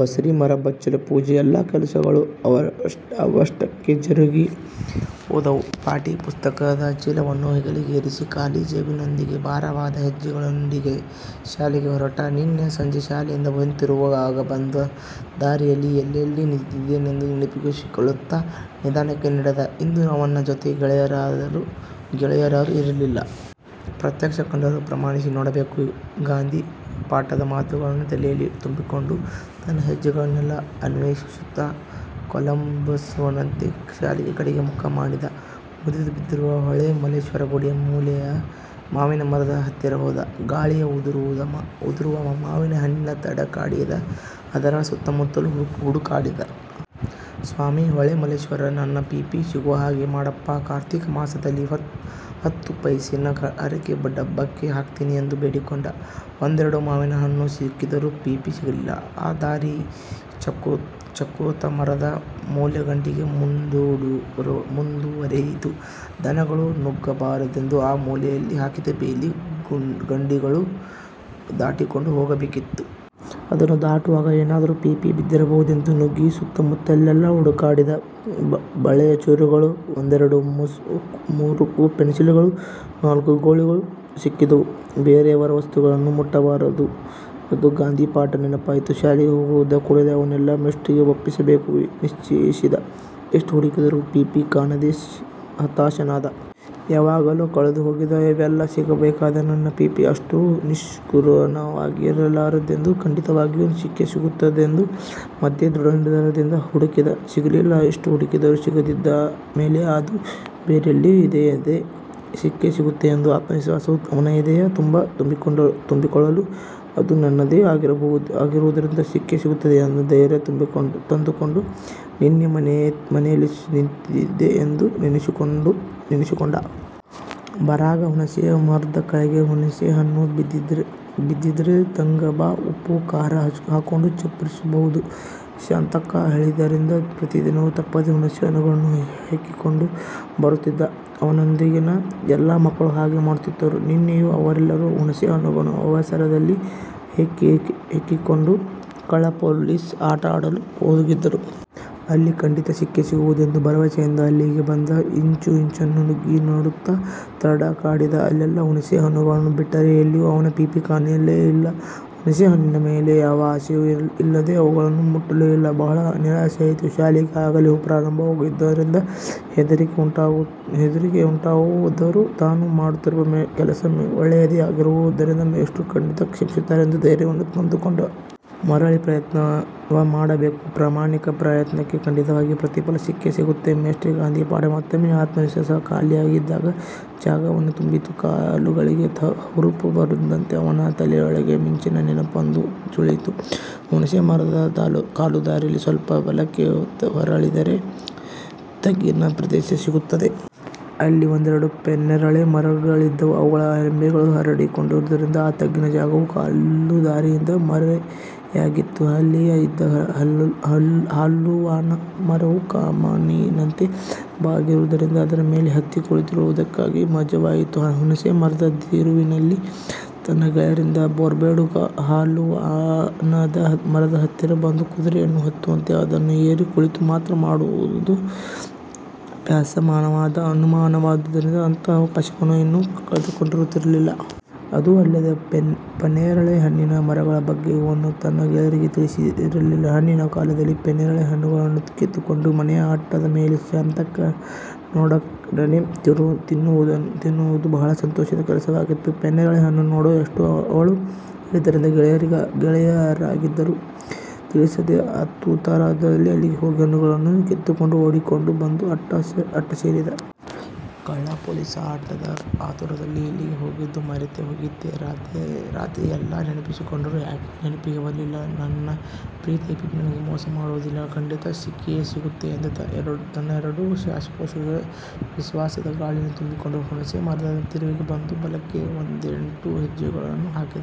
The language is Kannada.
ಬಸರೀ ಮರ, ಬಚ್ಚಲು, ಪೂಜೆ- ಎಲ್ಲಾ ಕೆಲಸಗಳೂ ಅವಷ್ಟಕ್ಕೇ ಜರುಗಿ ಹೋದವು. ಪಾಟಿ ಪುಸ್ತಕದ ಚೀಲವನ್ನು ಹೆಗಲಿಗೇರಿಸಿ, ಖಾಲಿ ಜೇಬಿನೊಂದಿಗೆ ಭಾರವಾದ ಹೆಜ್ಜೆಗಳೊಂದಿಗೆ ಶಾಲೆಗೆ ಹೊರಟ. ನಿನ್ನೆ ಸಂಜೆ ಶಾಲೆಯಿಂದ ಹಿಂತಿರುಗುವಾಗ ಬಂದ ದಾರಿಯಲ್ಲಿ, ಎಲ್ಲೆಲ್ಲಿ ನಿಂತಿದ್ದೆನೆಂದು ನೆನಪಿಸಿಕೊಳ್ಳುತ್ತಾ ನಿಧಾನಕ್ಕೆ ನಡೆದ. ಇಂದು ಅವನ ಜೊತೆ ಗೆಳೆಯರಾರೂ ಇರಲಿಲ್ಲ. ಪ್ರತ್ಯಕ್ಷ ಕಂಡರೂ ಪ್ರಾಮಾಣಿಸಿ ನೋಡಬೇಕು ಗಾಂಧಿ ಪಾಠದ ಮಾತುಗಳನ್ನು ತಲೆಯಲ್ಲಿ ತುಂಬಿಕೊಂಡು ತನ್ನ ಹೆಜ್ಜೆಗಳನ್ನೇ ಅನ್ವೇಷಿಸುತ್ತಾ ಕೊಲಂಬಸ್ಸನಂತೆ ಶಾಲೆಯ ಕಡೆಗೆ ಮುಖ ಮಾಡಿದ್ದ. ಮುರಿದು ಬಿದ್ದಿರುವ ಹೊಳೆಮಲ್ಲೇಶ್ವರ ಗುಡಿಯ ಮೂಲೆಯ ಮಾವಿನ ಮರದ ಹತ್ತಿರ ಹೋದ. ಗಾಳಿಗೆ ಉದುರುವ ಮಾವಿನ ಹಣ್ಣಿಗೆ ತಡಕಾಡಿದ್ದ. ಅದರ ಸುತ್ತಮುತ್ತಲೂ ಹುಡುಕಾಡಿದ. ಸ್ವಾಮಿ, ಹೊಳೆಮಲ್ಲೇಶ್ವರ ನನ್ನ ಪೀಪಿ ಸಿಗುವ ಹಾಗೆ ಮಾಡಪ್ಪಾ. ಕಾರ್ತೀಕ ಮಾಸದಲ್ಲಿ ಹತ್ತು ಪೈಸೇನ ಹರಕೆ ಡಬ್ಬಕ್ಕೆ ಹಾಕ್ತೀನಿ ಎಂದು ಬೇಡಿಕೊಂಡ. ಒಂದೆರಡು ಮಾವಿನ ಹಣ್ಣು ಸಿಕ್ಕಿದರೂ ಪೀಪಿ ಸಿಗಲಿಲ್ಲ. ಆ ದಾರಿ ಚಕ್ಕೋತ ಮರದ ಮೂಲೆಗಂಡಿಗೆ ಮುಂದುವರೆಯಿತು. ದನಗಳು ನುಗ್ಗಬಾರದೆಂದು ಆ ಮೂಲೆಯಲ್ಲಿ ಹಾಕಿದ್ದ ಬೇಲಿ ಗಂಡಿಯನ್ನು ದಾಟಿಕೊಂಡು ಹೋಗಬೇಕಿತ್ತು. ಅದನ್ನು ದಾಟುವಾಗ ಏನಾದರೂ ಪೀಪಿ ಬಿದ್ದಿರಬಹುದೆಂದು ಬಗ್ಗಿ ಸುತ್ತಮುತ್ತಲೆಲ್ಲಾ ಹುಡುಕಾಡಿದ. ಬಳೆಯ ಚೂರುಗಳು, ಒಂದೆರಡು ಮುರುಕು ಪೆನ್ಸಿಲ್ಲುಗಳು, ನಾಲ್ಕು ಗೋಲಿಗಳು ಸಿಕ್ಕಿದವು. ಬೇರೆಯವರ ವಸ್ತುಗಳನ್ನು ಮುಟ್ಟಬಾರದು ಗಾಂಧಿ ಪಾಠದ ನೆನಪಾಯಿತು. ಶಾಲೆಗೆ ಹೋದಕೂಡಲೇ ಅವನ್ನೆಲ್ಲಾ ಮೇಷ್ಟ್ರಿಗೆ ಒಪ್ಪಿಸಬೇಕೆಂದು ನಿಶ್ಚಯಿಸಿದ. ಎಷ್ಟು ಹುಡುಕಿದರೂ ಪೀಪಿ ಕಾಣದೆ ಹತಾಶನಾದ. ಯಾವಾಗಲೋ ಕಳೆದುಹೋಗಿದ್ದ ಇವೆಲ್ಲಾ ಸಿಗಬೇಕಾದರೆ, ನನ್ನ ಪ್ರೀತಿಯ ಪೀಪಿ ಅಷ್ಟು ನಿಷ್ಕರುಣವಾಗಿರಲಾರದೆಂದು, ಖಂಡಿತವಾಗಿಯೂ ಸಿಕ್ಕೇ ಸಿಗುವುದೆಂದು ಮತ್ತೆ ದೃಢ ನಿರ್ಧಾರದಿಂದ ಹುಡುಕಿದ, ಸಿಗಲಿಲ್ಲ. ಇಷ್ಟು ಹುಡುಕಿದರೂ ಸಿಗದಿದ್ದ ಮೇಲೆ ಅದು ಬೇರೆಲ್ಲಿಯೋ ಇದ್ದೇ ಇದೆ, ಸಿಕ್ಕೇ ಸಿಗುತ್ತದೆ ಎಂಬ ಆತ್ಮವಿಶ್ವಾಸವು ಅವನ ಎದೆಯ ತುಂಬ ತುಂಬಿಕೊಳ್ಳಲು ಅದು ನನ್ನದೇ ಆಗಿರುವುದರಿಂದ ಸಿಕ್ಕೇ ಸಿಗುತ್ತದೆ ಎಂದು ಧೈರ್ಯ ತಂದುಕೊಂಡು, ನಿನ್ನೆ ಮತ್ತೆಲ್ಲಿ ನಿಂತಿದ್ದೆ ಎಂದು ನೆನಸಿಕೊಂಡ. 'ಬರಾಗ ಹುಣಸೇ ಮರ್ದ ಕೆಳ್ಗೆ ಹುಣಸೇ ಹಣ್ಣು ಬಿದ್ದಿದ್ರೆ ತಗಂಬಾ ಉಪ್ಪು ಖಾರ ಹಾಕ್ಕೊಂಡು ಚಪ್ಪರಿಸಬೌದು' ಶಾಂತಕ್ಕ ಹೇಳಿದ್ದರಿಂದ ಪ್ರತಿದಿನವೂ ತಪ್ಪದೆ ಹುಣಸೆ ಹಣ್ಣುಗಳನ್ನು ಹೆಕ್ಕಿಕೊಂಡು ಬರುತ್ತಿದ್ದ. ಅವನೊಂದಿಗಿನ ಎಲ್ಲಾ ಮಕ್ಕಳೂ ಹಾಗೆ ಮಾಡುತ್ತಿದ್ದರು. ನಿನ್ನೆಯೂ ಅವರೆಲ್ಲರೂ ಹುಣಸೆ ಹಣ್ಣುಗಳನ್ನು ಅವಸರದಲ್ಲಿ ಹೆಕ್ಕಿಕೊಂಡು, ಕಳ್ಳ ಪೊಲೀಸ್ ಆಟ ಆಡಲು ಹೋಗಿದ್ದರು. ಅಲ್ಲಿ ಖಂಡಿತ ಸಿಕ್ಕೇ ಸಿಗುವುದೆಂದು ಭರವಸೆಯಿಂದ ಅಲ್ಲಿಗೆ ಬಂದ. ಇಂಚು ಇಂಚನ್ನೂ ಬಗ್ಗಿ ನೋಡುತ್ತಾ ತಡಕಾಡಿದ. ಅಲ್ಲೆಲ್ಲಾ ಹುಣಸೇ ಹಣ್ಣುಗಳನ್ನು ಬಿಟ್ಟರೆ ಎಲ್ಲಿಯೂ ಅವನ ಪೀಪಿ ಕಾಣಲೇ ಇಲ್ಲ. ಹುಣಸೇ ಹಣ್ಣಿನ ಮೇಲೆ ಯಾವ ಆಸಕ್ತಿಯೂ ಇಲ್ಲದೆ ಅವುಗಳನ್ನು ಮುಟ್ಟಲೂ ಇಲ್ಲ. ಬಹಳ ನಿರಾಶೆಯಾಯಿತು. ಶಾಲೆ ಆಗಲೇ ಪ್ರಾರಂಭವಾಗಿರುವುದರಿಂದ ಹೆದರಿಕೆಯುಂಟಾದರೂ ತಾನು ಮಾಡುತ್ತಿರುವ ಕೆಲಸ ಒಳ್ಳೆಯದೇ ಆಗಿರುವುದರಿಂದ ಮೇಷ್ಟ್ರು ಖಂಡಿತಾ ಕ್ಷಮಿಸುತ್ತಾರೆಂದು ಧೈರ್ಯವನ್ನು ತಂದುಕೊಂಡ. ಮರಳಿ ಪ್ರಯತ್ನವ ಮಾಡಬೇಕು, ಪ್ರಾಮಾಣಿಕ ಪ್ರಯತ್ನಕ್ಕೆ ಖಂಡಿತವಾಗಿಯೂ ಪ್ರತಿಫಲ ಸಿಕ್ಕೇ ಸಿಗುತ್ತದೆ ಮೇಷ್ಟ್ರ ಗಾಂಧಿ ಪಾಠ ಮತ್ತೊಮ್ಮೆ ಆತ್ಮವಿಶ್ವಾಸ ಖಾಲಿಯಾಗಿದ್ದ ಜಾಗವನ್ನು ತುಂಬಿತು. ಕಾಲುಗಳಿಗೆ ಹುರುಪು ಬಂದಂತೆ, ಅವನ ತಲೆಯೊಳಗೆ ಮಿಂಚಿನ ನೆನಪೊಂದು ಸುಳಿಯಿತು! ಹುಣಸೇ ಮರದ ಕಾಲುದಾರಿಯಿಂದ ಸ್ವಲ್ಪ ಬಲಕ್ಕೆ ಹೊರಳಿದರೆ ತಗ್ಗಿನ ಪ್ರದೇಶ ಸಿಗುತ್ತದೆ. ಅಲ್ಲಿ ಒಂದೆರಡು ಪನ್ನೇರಳೆ ಮರಗಳಿದ್ದು, ಅವುಗಳ ರೆಂಬೆಗಳು ಹರಡಿಕೊಂಡಿದ್ದರಿಂದ, ಆ ತಗ್ಗಿನ ಜಾಗವು ಕಾಲುದಾರಿಯಿಂದ ಮರೆಯಾಗಿತ್ತು. ಅಲ್ಲಿಯೇ ಇದ್ದ ಹಾಲುವಾಣ ಮರವು ಕಮಾನಿನಂತೆ ಬಾಗಿದ್ದುದರಿಂದ ಅದರ ಮೇಲೆ ಹತ್ತಿ ಕುಳಿತುಕೊಳ್ಳುವುದಕ್ಕೆ ಮಜವಾಗಿತ್ತು. ಹುಣಸೇ ಮರದ ತಿರುವಿನಲ್ಲಿ ತನ್ನ ಗೆಳೆಯರಿಂದ ಬೇರ್ಗೊಂಡು, ಹಾಲುವಾಣದ ಮರದ ಹತ್ತಿರ ಬಂದು, ಕುದುರೆಯನ್ನು ಹತ್ತುವಂತೆ ಅದನ್ನು ಏರಿ ಕುಳಿತು ಮೂತ್ರ ಮಾಡುವುದು ಅಪ್ಯಾಯಮಾನವಾದ ಅನುಭವವಾದುದರಿಂದ ಅಂಥ ಅವಕಾಶವನ್ನು ಇವನು ಕಳೆದುಕೊಳ್ಳುತ್ತಿರಲಿಲ್ಲ. ಅದೂ ಅಲ್ಲದೆ, ಪನ್ನೇರಳೆ ಹಣ್ಣಿನ ಮರಗಳ ಬಗ್ಗೆ ಇವನು ತನ್ನ ಗೆಳೆಯರಿಗೆ ತಿಳಿಸಿರಲಿಲ್ಲ. ಹಣ್ಣಿನ ಕಾಲದಲ್ಲಿ ಪನ್ನೇರಳೆ ಹಣ್ಣುಗಳನ್ನು ಕಿತ್ತುಕೊಂಡು ಮನೆಯ ಅಟ್ಟದ ಮೇಲೆ ಶಾಂತಕ್ಕನೊಡನೆ ತಿನ್ನುವುದು ಬಹಳ ಸಂತೋಷದ ಕೆಲಸವಾಗಿತ್ತು. 'ಪನ್ನೇರಳೆ ಹಣ್ಣು ನೋಡೋ' ಎಂದು ಅವಳು ಹೇಳಿದ್ದರಿಂದ ಗೆಳೆಯರಾರಿಗೂ ತಿಳಿಸದಂತೆ ಆತುರಾತುರದಲ್ಲಿ ಅಲ್ಲಿಗೆ ಹೋಗಿ, ಹಣ್ಣುಗಳನ್ನು ಕಿತ್ತುಕೊಂಡು ಓಡಿಕೊಂಡು ಬಂದು ಅಟ್ಟ ಸೇರಿದ್ದ. ಕಳ್ಳ ಪೊಲೀಸ್ ಆಟದ ಆತುರದಲ್ಲಿ ಇಲ್ಲಿಗೆ ಹೋಗಿದ್ದು ಮರೆತೇ ಹೋಗಿತ್ತೇ ರಾತ್ರಿ ಎಲ್ಲ ನೆನಪಿಸಿಕೊಂಡರೂ ಯಾಕೆ ನೆನಪಿಗೆ ಬರಲಿಲ್ಲ ನನ್ನ ಪ್ರೀತಿಯ ಪೀಪಿ ನನಗೆ ಮೋಸ ಮಾಡುವುದಿಲ್ಲ. ಖಂಡಿತಾ ಸಿಕ್ಕಿಯೇ ಸಿಗುತ್ತದೆ ಎಂದು, ತನ್ನ ಎರಡೂ ಶ್ವಾಸಕೋಶಗಳಿಗೆ ವಿಶ್ವಾಸದ ಗಾಳಿಯನ್ನು ತುಂಬಿಕೊಂಡು ಹುಣಸೇ ಮರದ ತಿರುವಿಗೆ ಬಂದು, ಬಲಕ್ಕೆ ಎಂಟ್ಹತ್ತು ಹೆಜ್ಜೆಗಳನ್ನು ಹಾಕಿದ.